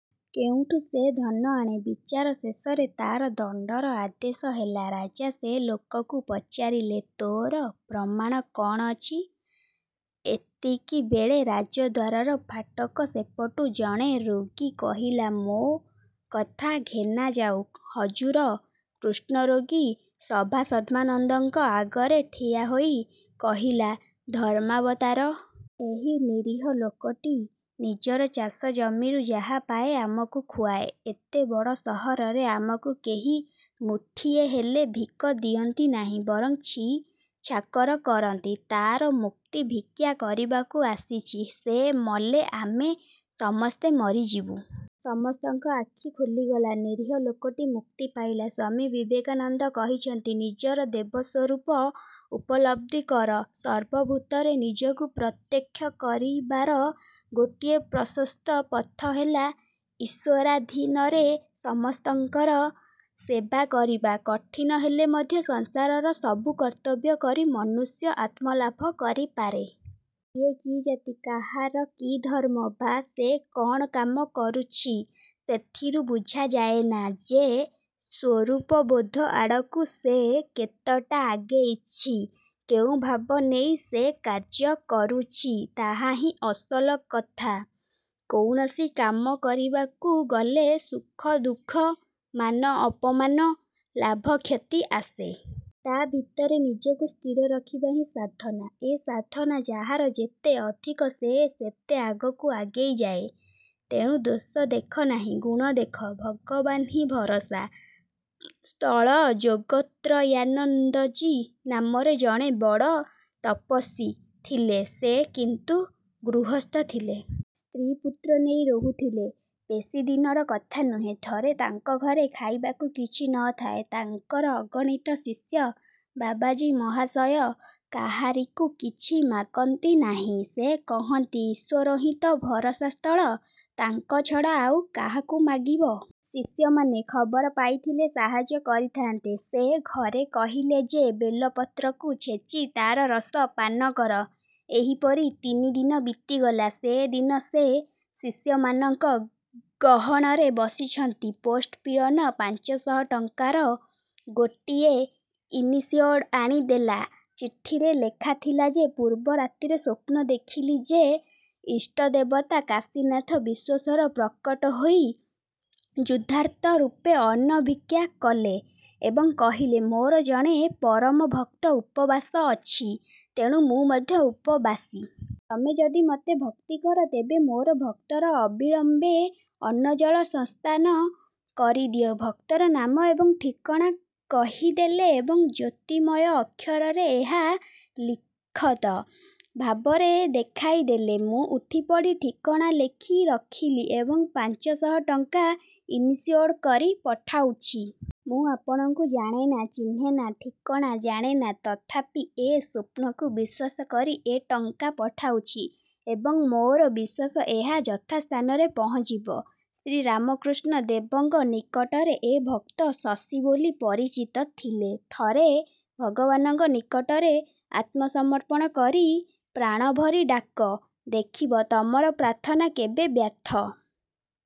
କେଉଁଠୁ ସେ ଧନ ଆଣେ? ବିଚାର ଶେଷରେ ତା'ର ଦଣ୍ଡର ଆଦେଶ ହେଲା। ରାଜା ସେ ଲୋକକୁ ପଚାରିଲେ, ''ତୋର ପ୍ରମାଣ କ'ଣ ଅଛି? '' ଏତିକିବେଳେ ରାଜଦ୍ୱାରର ଫାଟକ ସେପଟୁ ଜଣେ ରୋଗୀ କହିଲା-'ମୋ କଥା ଘେନାଯାଉ, ହଜୁର। ' କୁଷ୍ଠରୋଗୀ ସଭାସଦ୍ମାନଙ୍କ ଆଗରେ ଠିଆ ହୋଇ କହିଲା-''ଧର୍ମାବତାର! ଏହି ନିରୀହ ଲୋକଟି ନିଜର ଚାଷ ଜମିରୁ ଯାହା ପାଏ, ଆମକୁ ଖୁଆଏ। ଏତେ ବଡ଼ ସହରରେ ଆମକୁ କେହି ମୁଠିଏ ହେଲେ ଭିକ ଦିଅନ୍ତି ନାହିଁ, ବରଂ ଛି-ଛାକର କରନ୍ତି। ତା'ର ମୁକ୍ତି ଭିକ୍ଷା କରିବାକୁ ଆସିଛି। ସେ ମଲେ ଆମେ ସମସ୍ତେ ମରିଯିବୁ। '' ସମସ୍ତଙ୍କର ଆଖି ଖୋଲିଗଲା। ନିରୀହ ଲୋକଟି ମୁକ୍ତି ପାଇଲା। ସ୍ୱାମୀ ବିବେକାନନ୍ଦ କହିଛନ୍ତି-ନିଜର ଦେବସ୍ୱରୂପ ଉପଲବ୍ଧି କର। ସର୍ବଭୂତରେ ନିଜକୁ ପ୍ରତ୍ୟକ୍ଷ କରିବାର ଗୋଟିଏ ପ୍ରଶସ୍ତ ପଥ ହେଲା ଈଶ୍ୱରାଧୀନରେ ସମସ୍ତଙ୍କର ସେବା କରିବା। କଠିନ ହେଲେ ମଧ୍ୟ ସଂସାରର ସବୁ କର୍ତ୍ତବ୍ୟ କରି ମନୁଷ୍ୟ ଆତ୍ମଲାଭ କରିପାରେ। କିଏ କି ଜାତି, କାହାର କି ଧର୍ମ ବା ସେ କ'ଣ କାମ କରୁଛି, ସେଥିରୁ ବୁଝାଯାଏନା ଯେ ସ୍ୱରୂପବୋଧ ଆଡ଼କୁ ସେ କେତେଟା ଆଗେଇଛି? କେଉଁ ଭାବ ନେଇ ସେ କାର୍ଯ୍ୟ କରୁଛି, ତାହାହିଁ ଅସଲ କଥା-। କୌଣସି କାମ କରିବାକୁ ଗଲେ ସୁଖ-ଦୁଃଖ, ମାନ-ଅପମାନ; ଲାଭ-କ୍ଷତି ଆସେ। ତା' ଭିତରେ ନିଜକୁ ସ୍ଥିର ରଖିବା ହିଁ ସାଧନା। ଏ ସାଧନା ଯାହାର ଯେତେ ଅଧିକ ସେ ସେତେ ଆଗକୁ ଆଗେଇ ଯାଏ। ତେଣୁ ଦୋଷ ଦେଖ ନାହିଁ, ଗୁଣ ଦେଖ। ଭଗବାନହିଁ ଭରସା ସ୍ଥଳ ଯୋଗତ୍ରୟାନନ୍ଦଜୀ ନାମରେ ଜଣେ ବଡ଼ ତପସ୍ୱୀ ଥିଲେ। ସେ କିନ୍ତୁ ଗୃହସ୍ଥ ଥିଲେ। ସ୍ତ୍ରୀ ପୁତ୍ର ନେଇ ରହୁଥିଲେ। ବେଶୀ ଦିନର କଥା ନୁହେଁ। ଥରେ ତାଙ୍କଘରେ ଖାଇବାକୁ କିଛି ନ ଥାଏ। ତାଙ୍କର ଅଗଣିତ ଶିଷ୍ୟ। ବାବାଜୀ ମହାଶୟ କାହାରିକୁ କିଛି ମାଗନ୍ତି ନାହିଁ। ସେ କହନ୍ତି, ଈଶ୍ୱରହିଁ ତ ଭରସା ସ୍ଥଳ, ତାଙ୍କ ଛଡ଼ା ଆଉ କାହାକୁ ମାଗିବ? ଶିଷ୍ୟମାନେ ଖବର ପାଇଥିଲେ ସାହାଯ୍ୟ କରିଥାନ୍ତେ। ସେ ଘରେ କହିଲେ ଯେ ବେଲପତ୍ରକୁ ଛେଚି ତାର ରସ ପାନ କର। ଏହିପରି ତିନିଦିନ ବିତିଗଲା। ସେ ଦିନ ସେ ଶିଷ୍ୟମାନଙ୍କ ଗହଣରେ ବସିଛନ୍ତି, ପୋଷ୍ଟ ପିଅନ ପାଞ୍ଚଶହ ଟଙ୍କାର ଗୋଟିଏ ଇନିସିଓର୍ଡ଼ ଆଣି ଦେଲା। ଚିଠିରେ ଲେଖାଥିଲା-ମୁଁ ପୂର୍ବ ରାତିରେ ସ୍ୱପ୍ନ ଦେଖିଲି ଯେ ଇଷ୍ଟଦେବତା କାଶୀନାଥ ବିଶ୍ୱେଶ୍ୱର ପ୍ରକଟ ହୋଇ କ୍ଷୁଧାର୍ତ୍ତ ରୂପେ ଅନ୍ନ ଭିକ୍ଷା କଲେ ଏବଂ କହିଲେ, 'ମୋର ଜଣେ ପରମ ଭକ୍ତ ଉପବାସ ଅଛି, ତେଣୁ ମୁଁ ମଧ୍ୟ ଉପବାସୀ। ତମେ ଯଦି ମୋତେ ଭକ୍ତି କର, ତେବେ ମୋର ଭକ୍ତର ଅବିଳମ୍ବେ ଅନ୍ନଜଳ ସଂସ୍ଥାନ କରିଦିଅ। ' ଭକ୍ତର ନାମ ଏବଂ ଠିକଣା କହିଦେଲେ ଏବଂ ଜ୍ୟୋତିର୍ମୟ ଅକ୍ଷରରେ ଏହା ଲିଖିତ ଭାବରେ ଦେଖାଇ ଦେଲେ-। ମୁଁ ଉଠିପଡ଼ି ଠିକଣା ଲେଖି ରଖିଲି ଏବଂ ପାଞ୍ଚଶହ ଟଙ୍କା ଇନସିଓର୍ଡ କରି ପଠାଉଛି। ମୁଁ ଆପଣଙ୍କୁ ଜାଣେନା, ଚିହ୍ନେନା, ଠିକଣା ଜାଣେନା, ତଥାପି ଏ ସ୍ୱପ୍ନକୁ ବିଶ୍ୱାସ କରି ଏ ଟଙ୍କା ପଠାଉଛି ଏବଂ ମୋର ବିଶ୍ୱାସ ଏହା ଯଥାସ୍ଥାନରେ ପହଞ୍ଚିବ। ଶ୍ରୀରାମକୃଷ୍ଣ ଦେବଙ୍କ ନିକଟରେ ଏ ଭକ୍ତ 'ଶଶୀ' ବୋଲି ପରିଚିତ ଥିଲେ। ଥରେ ଭଗବାନଙ୍କ ନିକଟରେ ଆତ୍ମସମର୍ପଣ କରି ପ୍ରାଣଭରି ଡାକ; ଦେଖିବ ତମର ପ୍ରାର୍ଥନା କେବେ ବ୍ୟର୍ଥ